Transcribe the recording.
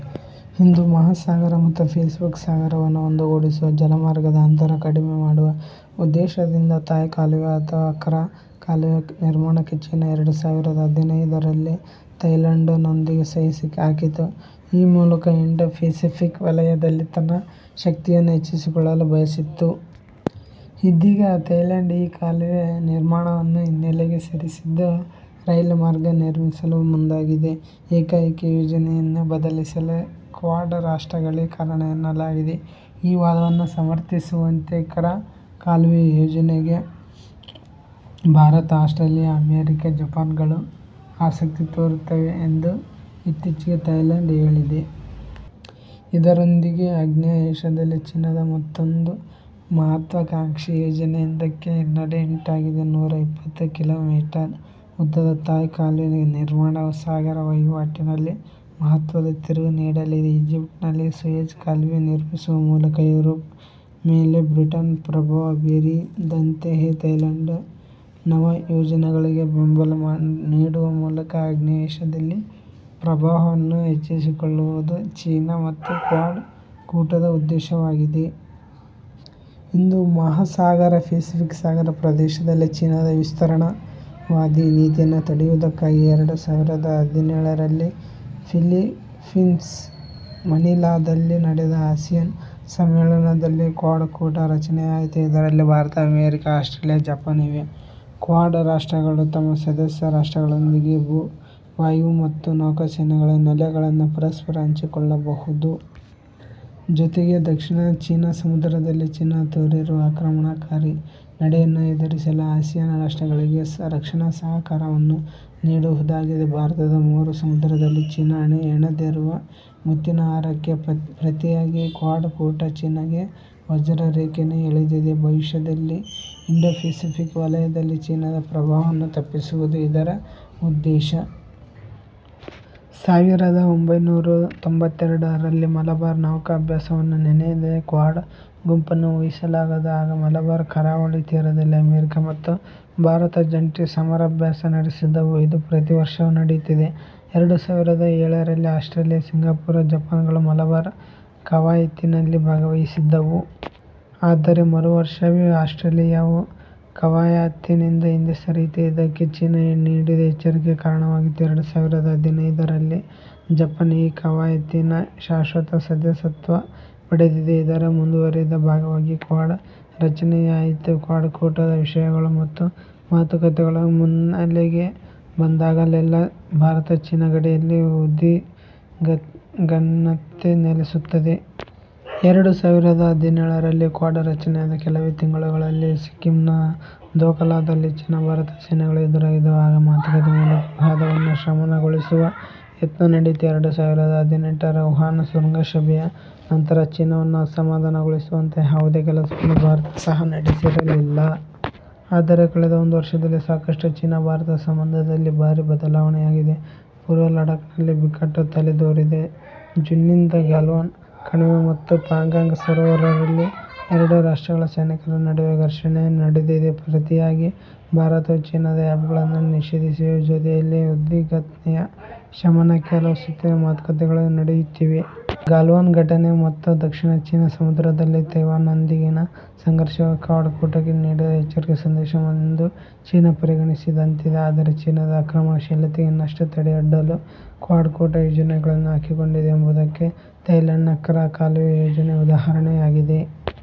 ಹಿಂದೂ ಮಹಾ ಸಾಗರ ಮತ್ತು ಪೆಸಿಫಿಕ್ ಸಾಗರವನ್ನು ಒಂದುಗೂಡಿಸುವ, ಜಲಮಾರ್ಗದ ಅಂತರ ಕಡಿಮೆ ಮಾಡುವ ಉದ್ದೇಶದಿಂದ ಥಾಯ್ ಕಾಲುವೆ ಅಥವಾ ಕ್ರಾ ಕಾಲುವೆ ನಿರ್ಮಾಣಕ್ಕೆ ಚೀನಾ ಎರಡು ಸಾವಿರದ ಹದಿನೈದರಲ್ಲಿ ಥಾಯ್ಲೆಂಡ್ನೊಂದಿಗೆ ಸಹಿ ಹಾಕಿತ್ತು. ಈ ಮೂಲಕ ಇಂಡೊ ಫೆಸಿಫಿಕ್ ವಲಯದಲ್ಲಿ ತನ್ನ ಶಕ್ತಿಯನ್ನು ಹೆಚ್ಚಿಸಿಕೊಳ್ಳಲು ಬಯಸಿತ್ತು. ಇದೀಗ ಥಾಯ್ಲೆಂಡ್ ಈ ಕಾಲುವೆ ನಿರ್ಮಾಣವನ್ನು ಹಿನ್ನೆಲೆಗೆ ಸರಿಸಿದ್ದು, ರೈಲು ಮಾರ್ಗ ನಿರ್ಮಿಸಲು ಮುಂದಾಗಿದೆ. ಏಕಾಏಕಿ ಯೋಜನೆಯನ್ನು ಬದಲಿಸಲು ಕ್ವಾಡ್ ರಾಷ್ಟ್ರಗಳೇ ಕಾರಣ ಎನ್ನಲಾಗಿದೆ. ಈ ವಾದವನ್ನು ಸಮರ್ಥಿಸುವಂತೆ ಕ್ರಾ ಕಾಲುವೆ ಯೋಜನೆಗೆ ಭಾರತ, ಆಸ್ಟ್ರೇಲಿಯಾ, ಅಮೆರಿಕ, ಜಪಾನ್ಗಳು ಆಸಕ್ತಿ ತೋರಿವೆ ಎಂದು ಇತ್ತೀಚೆಗೆ ಥಾಯ್ಲೆಂಡ್ ಹೇಳಿದೆ. ಇದರೊಂದಿಗೆ ಆಗ್ನೇಯ ಏಷ್ಯಾದಲ್ಲಿ ಚೀನಾದ ಮತ್ತೊಂದು ಮಹತ್ವಕಾಂಕ್ಷಿ ಯೋಜನೆಯೊಂದಕ್ಕೆ ಹಿನ್ನಡೆ ಉಂಟಾಗಿದೆ. ನೂರಾ ಇಪ್ಪತ್ತು ಕಿಲೋಮೀಟರ್ ಉದ್ದದ ಥಾಯ್ ಕಾಲುವೆ ನಿರ್ಮಾಣವು ಸಾಗರ ವಹಿವಾಟಿನಲ್ಲಿ ಮಹತ್ವದ ತಿರುವು ನೀಡಲಿದೆ. ಈಜಿಪ್ಟ್ನಲ್ಲಿ ಸೂಯೆಜ್ ಕಾಲುವೆ ನಿರ್ಮಿಸುವ ಮೂಲಕ ಯೂರೋಪ್ ಮೇಲೆ ಬ್ರಿಟನ್ ಪ್ರಭಾವ ಬೀರಿದಂತೆಯೇ ಥಾಯ್ಲೆಂಡ್ನ ನವ ಯೋಜನೆಗಳಿಗೆ ಬೆಂಬಲ ನೀಡುವ ಮೂಲಕ ಆಗ್ನೇಯ ಏಷ್ಯಾದಲ್ಲಿ ಪ್ರಭಾವವನ್ನು ಹೆಚ್ಚಿಸಿಕೊಳ್ಳುವುದು ಚೀನಾ ಮತ್ತು ಕ್ವಾಡ್ ಕೂಟದ ಉದ್ದೇಶವಾಗಿದೆ. ಹಿಂದೂ ಮಹಾಸಾಗರ ಪೆಸಿಫಿಕ್ ಸಾಗರ ಪ್ರದೇಶದಲ್ಲಿ ಚೀನಾದ ವಿಸ್ತರಣಾವಾದಿ ನೀತಿಯನ್ನು ತಡೆಯುವುದಕ್ಕಾಗಿಯೇ ಎರಡು ಸಾವಿರದ ಹದಿನೇಳರಲ್ಲಿ ಫಿಲಿಪ್ಪೀನ್ಸ್ನ ಮನಿಲಾದಲ್ಲಿ ನಡೆದ ಆಸಿಯಾನ್ ಸಮ್ಮೇಳನದಲ್ಲಿ ಕ್ವಾಡ್ ಕೂಟ ರಚನೆಯಾಯಿತು. ಇದರಲ್ಲಿ ಭಾರತ, ಅಮೆರಿಕ, ಆಸ್ಟ್ರೇಲಿಯಾ, ಜಪಾನ್ ಇವೆ. ಕ್ವಾಡ್ ರಾಷ್ಟಗಳು ತಮ್ಮ ಸದಸ್ಯ ರಾಷ್ಟ್ರಗಳೊಂದಿಗೆ ಭೂ, ವಾಯು ಮತ್ತು ನೌಕಾ ಸೇನೆಗಳ ನೆಲೆಗಳನ್ನು ಪರಸ್ಪರ ಹಂಚಿಕೊಳ್ಳಬಹುದು. ಜೊತೆಗೆ ದಕ್ಷಿಣ ಚೀನಾ ಸಮುದ್ರದಲ್ಲಿ ಚೀನಾ ತೋರಿರುವ ಆಕ್ರಮಣಕಾರಿ ನಡೆಯನ್ನು ಎದುರಿಸಲು ಆಸಿಯಾನ್ ರಾಷ್ಟ್ರಗಳಿಗೆ ರಕ್ಷಣಾ ಸಹಕಾರವನ್ನು ನೀಡುವುದಾಗಿದೆ. ಭಾರತದ ಮೂರು ಸಮುದ್ರದಲ್ಲಿ ಚೀನಾ ಹೆಣೆದಿರುವ ಮುತ್ತಿನ ಹಾರಕ್ಕೆ ಪ್ರತಿಯಾಗಿ ಕ್ವಾಡ್ ಕೂಟ ಚೀನಾಗೆ ವಜ್ರರೇಖೆಯನ್ನು ಎಳೆದಿದೆ. ಭವಿಷ್ಯದಲ್ಲಿ ಇಂಡೊ ಫೆಸಿಫಿಕ್ ವಲಯದಲ್ಲಿ ಚೀನಾದ ಪ್ರಭಾವವನ್ನು ತಪ್ಪಿಸುವುದು ಇದರ ಉದ್ದೇಶ. ಸಾವಿರದ ಒಂಬೈನೂರಾ ತೊಂಬತ್ತೆರಡರಲ್ಲಿ ಮಲಬಾರ್ ನೌಕಾ ಅಭ್ಯಾಸವನ್ನು ನೆನೆಯದೇ ಕ್ವಾಡ್ ಗುಂಪನ್ನು ಊಹಿಸಲಾಗದು. ಆಗ ಮಲಬಾರ್ ಕರಾವಳಿ ತೀರದಲ್ಲಿ ಅಮೆರಿಕ ಮತ್ತು ಭಾರತ ಜಂಟಿ ಸಮರಾಭ್ಯಾಸ ನಡೆಸಿದ್ದವು. ಇದು ಪ್ರತಿ ವರ್ಷವೂ ನಡೆಯುತ್ತಿದೆ. ಎರಡು ಸಾವಿರದ ಏಳರಲ್ಲಿ ಆಸ್ಟ್ರೇಲಿಯಾ, ಸಿಂಗಪುರ, ಜಪಾನ್ಗಳು ಮಲಬಾರ್ ಕವಾಯತಿನಲ್ಲಿ ಭಾಗವಹಿಸಿದ್ದವು. ಆದರೆ, ಮರುವರ್ಷವೇ ಆಸ್ಟ್ರೇಲಿಯಾವು ಕವಾಯತಿನಿಂದ ಹಿಂದೆ ಸರಿಯಿತು. ಇದಕ್ಕೆ ಚೀನಾ ನೀಡಿದ ಎಚ್ಚರಿಕೆ ಕಾರಣವಾಗಿತ್ತು. ಎರಡು ಸಾವಿರದ ಹದಿನೈದರಲ್ಲಿ ಜಪಾನ್ ಈ ಕವಾಯತಿನ ಶಾಶ್ವತ ಸದಸ್ಯತ್ವ ಪಡೆದಿದೆ. ಇದರ ಮುಂದುವರಿದ ಭಾಗವಾಗಿ ಕ್ವಾಡ್ ರಚನೆಯಾಯಿತು. ಕ್ವಾಡ್ ಕೂಟದ ವಿಷಯಗಳು ಮತ್ತು ಮಾತುಕತೆಗಳು ಮುನ್ನೆಲೆಗೆ ಬಂದಾಗಲೆಲ್ಲ ಭಾರತ ಚೀನಾ ಗಡಿಯಲ್ಲಿ ಉದ್ವಿಗ್ನತೆ ನೆಲೆಸುತ್ತದೆ. ಎರಡು ಸಾವಿರದ ಹದಿನೇಳರಲ್ಲಿ ಕ್ವಾಡ್ ರಚನೆಯಾದ ಕೆಲವೇ ತಿಂಗಳುಗಳಲ್ಲಿ ಸಿಕ್ಕಿಂನ ದೋಕಲಾದಲ್ಲಿ ಚೀನಾ ಭಾರತ ಸೇನೆಗಳು ಎದುರಾಗಿದ್ದವು. ಆಗ ಮಾತುಕತೆ ಮೂಲಕ ವಿವಾದವನ್ನು ಶಮನಗೊಳಿಸುವ ಯತ್ನ ನಡೆಯಿತು. ಎರಡು ಸಾವಿರದ ಹದಿನೆಂಟರ ವುಹಾನ್ ಶೃಂಗಸಭೆಯ ನಂತರ ಚೀನಾವನ್ನು ಅಸಮಾಧಾನಗೊಳಿಸುವಂತಹ ಯಾವುದೇ ಕೆಲಸವನ್ನು ಭಾರತ ಸಹ ನಡೆಸಿರಲಿಲ್ಲ. ಆದರೆ, ಕಳೆದ ಒಂದು ವರ್ಷದಲ್ಲಿ ಸಾಕಷ್ಟು ಚೀನಾ ಭಾರತದ ಸಂಬಂಧದಲ್ಲಿ ಭಾರಿ ಬದಲಾವಣೆಯಾಗಿದೆ. ಪೂರ್ವ ಲಡಾಖ್ನಲ್ಲಿ ಬಿಕ್ಕಟ್ಟು ತಲೆದೂರಿದೆ. ಜೂನ್ನಿಂದ ಗಾಲ್ವಾನ್ ಕಣಿವೆ ಮತ್ತು ಪಾಂಗಾಂಗ್ ಸರೋವರದಲ್ಲಿ ಎರಡೂ ರಾಷ್ಟ್ರಗಳ ಸೈನಿಕರ ನಡುವೆ ಘರ್ಷಣೆ ನಡೆದಿದೆ. ಪ್ರತಿಯಾಗಿ ಭಾರತವೂ ಚೀನಾದ ಆ್ಯಪ್ಗಳನ್ನು ನಿಷೇಧಿಸಿದೆ. ಜೊತೆಯಲ್ಲಿಯೇ ಉದ್ವಿಗ್ನತೆಯ ಶಮನಕ್ಕೆ ಹಲವು ಸುತ್ತಿನ ಮಾತುಕತೆಗಳು ನಡೆಯುತ್ತಿವೆ. ಗಾಲ್ವಾನ್ ಘಟನೆ ಮತ್ತು ದಕ್ಷಿಣ ಚೀನಾ ಸಮುದ್ರದಲ್ಲಿ ತೈವಾನ್ನೊಂದಿಗಿನ ಸಂಘರ್ಷವೂ ಕ್ವಾಡ್ ಕೂಟಕ್ಕೆ ನೀಡಿದ ಎಚ್ಚರಿಕೆ ಸಂದೇಶ ಎಂದು ಚೀನಾ ಪರಿಗಣಿಸಿದಂತಿದೆ. ಆದರೆ, ಚೀನಾದ ಆಕ್ರಮಣಶೀಲತೆಗೆ ಇನ್ನಷ್ಟು ತಡೆಯೊಡ್ಡಲು ಕ್ವಾಡ್ ಕೂಟ ಯೋಜನೆಗಳನ್ನು ಹಾಕಿಕೊಂಡಿದೆ ಎಂಬುದಕ್ಕೆ ಥಾಯ್ಲೆಂಡ್ನ ಕ್ರಾ ಕಾಲುವೆ ಯೋಜನೆ ಉದಾಹರಣೆಯಾಗಿದೆ.